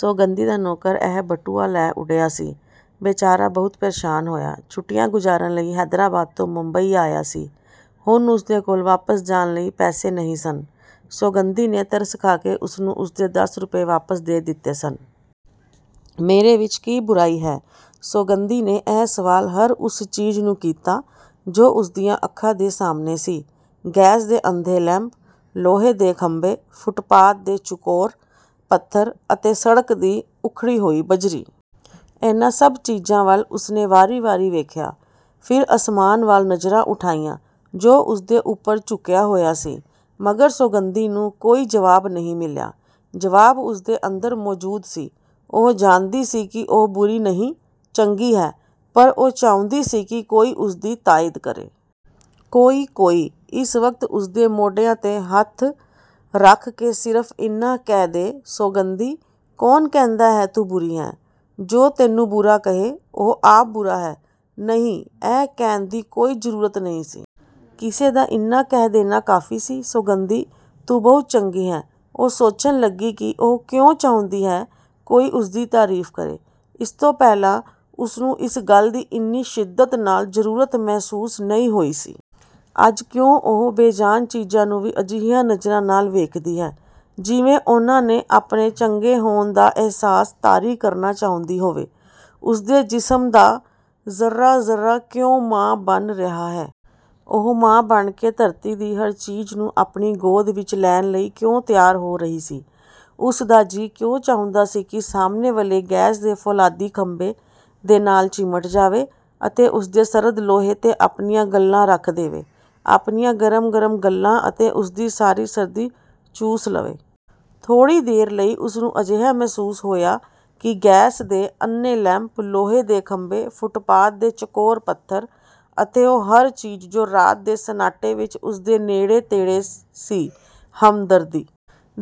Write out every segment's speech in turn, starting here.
ਸੌਗੰਧੀ ਦਾ ਨੌਕਰ ਇਹ ਬਟੂਆ ਲੈ ਉੱਡਿਆ ਸੀ। ਬੇਚਾਰਾ ਬਹੁਤ ਪਰੇਸ਼ਾਨ ਹੋਇਆ। ਛੁੱਟੀਆਂ ਗੁਜ਼ਾਰਨ ਲਈ ਹੈਦਰਾਬਾਦ ਤੋਂ ਬੰਬਈ ਆਇਆ ਸੀ। ਹੁਣ ਉਸਦੇ ਕੋਲ ਵਾਪਸ ਜਾਣ ਲਈ ਪੈਸੇ ਨਹੀਂ ਸਨ। ਸੌਗੰਧੀ ਨੇ ਤਰਸ ਖਾ ਕੇ ਉਸਨੂੰ ਉਸਦੇ ਦਸ ਰੁਪਏ ਵਾਪਸ ਦੇ ਦਿੱਤੇ ਸਨ। ਮੇਰੇ ਵਿੱਚ ਕੀ ਬੁਰਾਈ ਹੈ? ਸੌਗੰਧੀ ਨੇ ਇਹ ਸਵਾਲ ਹਰ ਉਸ ਚੀਜ਼ ਨੂੰ ਕੀਤਾ ਜੋ ਉਸਦੀਆਂ ਅੱਖਾਂ ਦੇ ਸਾਹਮਣੇ ਸੀ। ਗੈਸ ਦੇ ਅੰਧੇ ਲੈਂਪ, ਲੋਹੇ ਦੇ ਖੰਭੇ, ਫੁਟਪਾਥ ਦੇ ਚੁਕੋਰ ਪੱਥਰ ਅਤੇ ਸੜਕ ਦੀ ਉਖੜੀ ਹੋਈ ਬਜਰੀ। ਇਨ੍ਹਾਂ ਸਭ ਚੀਜ਼ਾਂ ਵੱਲ ਉਸਨੇ ਵਾਰੀ ਵਾਰੀ ਵੇਖਿਆ, ਫਿਰ ਅਸਮਾਨ ਵੱਲ ਨਜ਼ਰਾਂ ਉਠਾਈਆਂ ਜੋ ਉਸਦੇ ਉੱਪਰ ਝੁੱਕਿਆ ਹੋਇਆ ਸੀ, ਮਗਰ ਸੌਗੰਧੀ ਨੂੰ ਕੋਈ ਜਵਾਬ ਨਹੀਂ ਮਿਲਿਆ। ਜਵਾਬ ਉਸਦੇ ਅੰਦਰ ਮੌਜੂਦ ਸੀ। ਉਹ ਜਾਣਦੀ ਸੀ ਕਿ ਉਹ ਬੁਰੀ ਨਹੀਂ, ਚੰਗੀ ਹੈ, ਪਰ ਉਹ ਚਾਹੁੰਦੀ ਸੀ ਕਿ ਕੋਈ ਉਸਦੀ ਤਾਈਦ ਕਰੇ। ਕੋਈ, ਕੋਈ, ਇਸ ਵਕਤ ਉਸਦੇ ਮੋਢਿਆਂ ਤੇ ਹੱਥ ਰੱਖ ਕੇ ਸਿਰਫ਼ ਇੰਨਾ ਕਹਿ ਦੇ, "ਸੌਗੰਧੀ! ਕੌਣ ਕਹਿੰਦਾ ਹੈ, ਤੂੰ ਬੁਰੀ ਹੈਂ, ਜੋ ਤੈਨੂੰ ਬੁਰਾ ਕਹੇ, ਉਹ ਆਪ ਬੁਰਾ ਹੈ।" ਨਹੀਂ, ਇਹ ਕਹਿਣ ਦੀ ਕੋਈ ਜ਼ਰੂਰਤ ਨਹੀਂ ਸੀ। ਕਿਸੇ ਦਾ ਇੰਨਾ ਕਹਿ ਦੇਣਾ ਕਾਫ਼ੀ ਸੀ, "ਸੌਗੰਧੀ, ਤੂੰ ਬਹੁਤ ਚੰਗੀ ਹੈਂ!" ਉਹ ਸੋਚਣ ਲੱਗੀ ਕਿ ਉਹ ਕਿਉਂ ਚਾਹੁੰਦੀ ਹੈ ਕੋਈ ਉਸਦੀ ਤਾਰੀਫ਼ ਕਰੇ। ਇਸ ਤੋਂ ਪਹਿਲਾਂ ਉਸਨੂੰ ਇਸ ਗੱਲ ਦੀ ਇੰਨੀ ਸ਼ਿੱਦਤ ਨਾਲ਼ ਜ਼ਰੂਰਤ ਮਹਿਸੂਸ ਨਹੀਂ ਹੋਈ ਸੀ। ਅੱਜ ਕਿਉਂ ਉਹ ਬੇਜਾਨ ਚੀਜ਼ਾਂ ਨੂੰ ਵੀ ਅਜਿਹੀਆਂ ਨਜ਼ਰਾਂ ਨਾਲ਼ ਵੇਖਦੀ ਹੈ, ਜਿਵੇਂ ਉਨ੍ਹਾਂ ਤੇ ਆਪਣੇ ਚੰਗੇ ਹੋਣ ਦਾ ਅਹਿਸਾਸ ਤਾਰੀ ਕਰਨਾ ਚਾਹੁੰਦੀ ਹੋਵੇ, ਉਸਦੇ ਜਿਸਮ ਦਾ ਜ਼ੱਰਾ ਜ਼ੱਰਾ ਕਿਉਂ ਮਾਂ ਬਣ ਰਿਹਾ ਹੈ। ਉਹ ਮਾਂ ਬਣ ਕੇ ਧਰਤੀ ਦੀ ਹਰ ਚੀਜ਼ ਨੂੰ ਆਪਣੀ ਗੋਦ ਵਿੱਚ ਲੈਣ ਲਈ ਕਿਉਂ ਤਿਆਰ ਹੋ ਰਹੀ ਸੀ? ਉਸ ਦਾ ਜੀ ਕਿਉਂ ਚਾਹੁੰਦਾ ਸੀ ਕਿ ਸਾਹਮਣੇ ਵਾਲੇ ਗੈਸ ਦੇ ਫੌਲਾਦੀ ਖੰਭੇ ਦੇ ਨਾਲ਼ ਚਿਮਟ ਜਾਵੇ ਅਤੇ ਉਸਦੇ ਸਰਦ ਲੋਹੇ ਤੇ ਆਪਣੀਆਂ ਗੱਲ੍ਹਾਂ ਰੱਖ ਦੇਵੇ, ਆਪਣੀਆਂ ਗਰਮ-ਗਰਮ ਗੱਲ੍ਹਾਂ ਅਤੇ ਉਸਦੀ ਸਾਰੀ ਸਰਦੀ ਚੂਸ ਲਵੇ। ਥੋੜ੍ਹੀ ਦੇਰ ਲਈ ਉਸਨੂੰ ਅਜਿਹਾ ਮਹਿਸੂਸ ਹੋਇਆ ਕਿ ਗੈਸ ਦੇ ਅੰਨ੍ਹੇ ਲੈਂਪ, ਲੋਹੇ ਦੇ ਖੰਭੇ, ਫੁਟਪਾਥ ਦੇ ਚਕੋਰ ਪੱਥਰ ਅਤੇ ਹਰ ਉਹ ਚੀਜ਼ ਜੋ ਰਾਤ ਦੇ ਸੰਨਾਟੇ ਵਿੱਚ ਉਸਦੇ ਨੇੜੇ ਤੇੜੇ ਸੀ, ਹਮਦਰਦੀ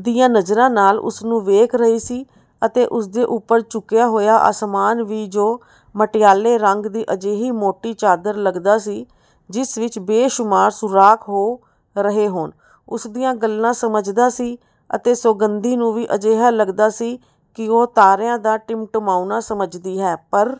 ਦੀਆਂ ਨਜ਼ਰਾਂ ਨਾਲ਼ ਉਸਨੂੰ ਵੇਖ ਰਹੀ ਸੀ ਅਤੇ ਉਸਦੇ ਉੱਪਰ ਝੁੱਕਿਆ ਹੋਇਆ ਅਸਮਾਨ ਵੀ ਜੋ ਮਟਿਆਲੇ ਰੰਗ ਦੀ ਅਜਿਹੀ ਮੋਟੀ ਚਾਦਰ ਲੱਗਦਾ ਸੀ ਜਿਸ ਵਿੱਚ ਬੇਸ਼ੁਮਾਰ ਸੂਰਾਖ਼ ਹੋ ਰਹੇ ਹੋਣ, ਉਸਦੀਆਂ ਗੱਲਾਂ ਸਮਝਦਾ ਸੀ ਅਤੇ ਸੌਗੰਧੀ ਨੂੰ ਵੀ ਅਜਿਹਾ ਲੱਗਦਾ ਸੀ ਕਿ ਉਹ ਤਾਰਿਆਂ ਦਾ ਟਿਮਟਿਮਾਉਣਾ ਸਮਝਦੀ ਹੈ। ਪਰ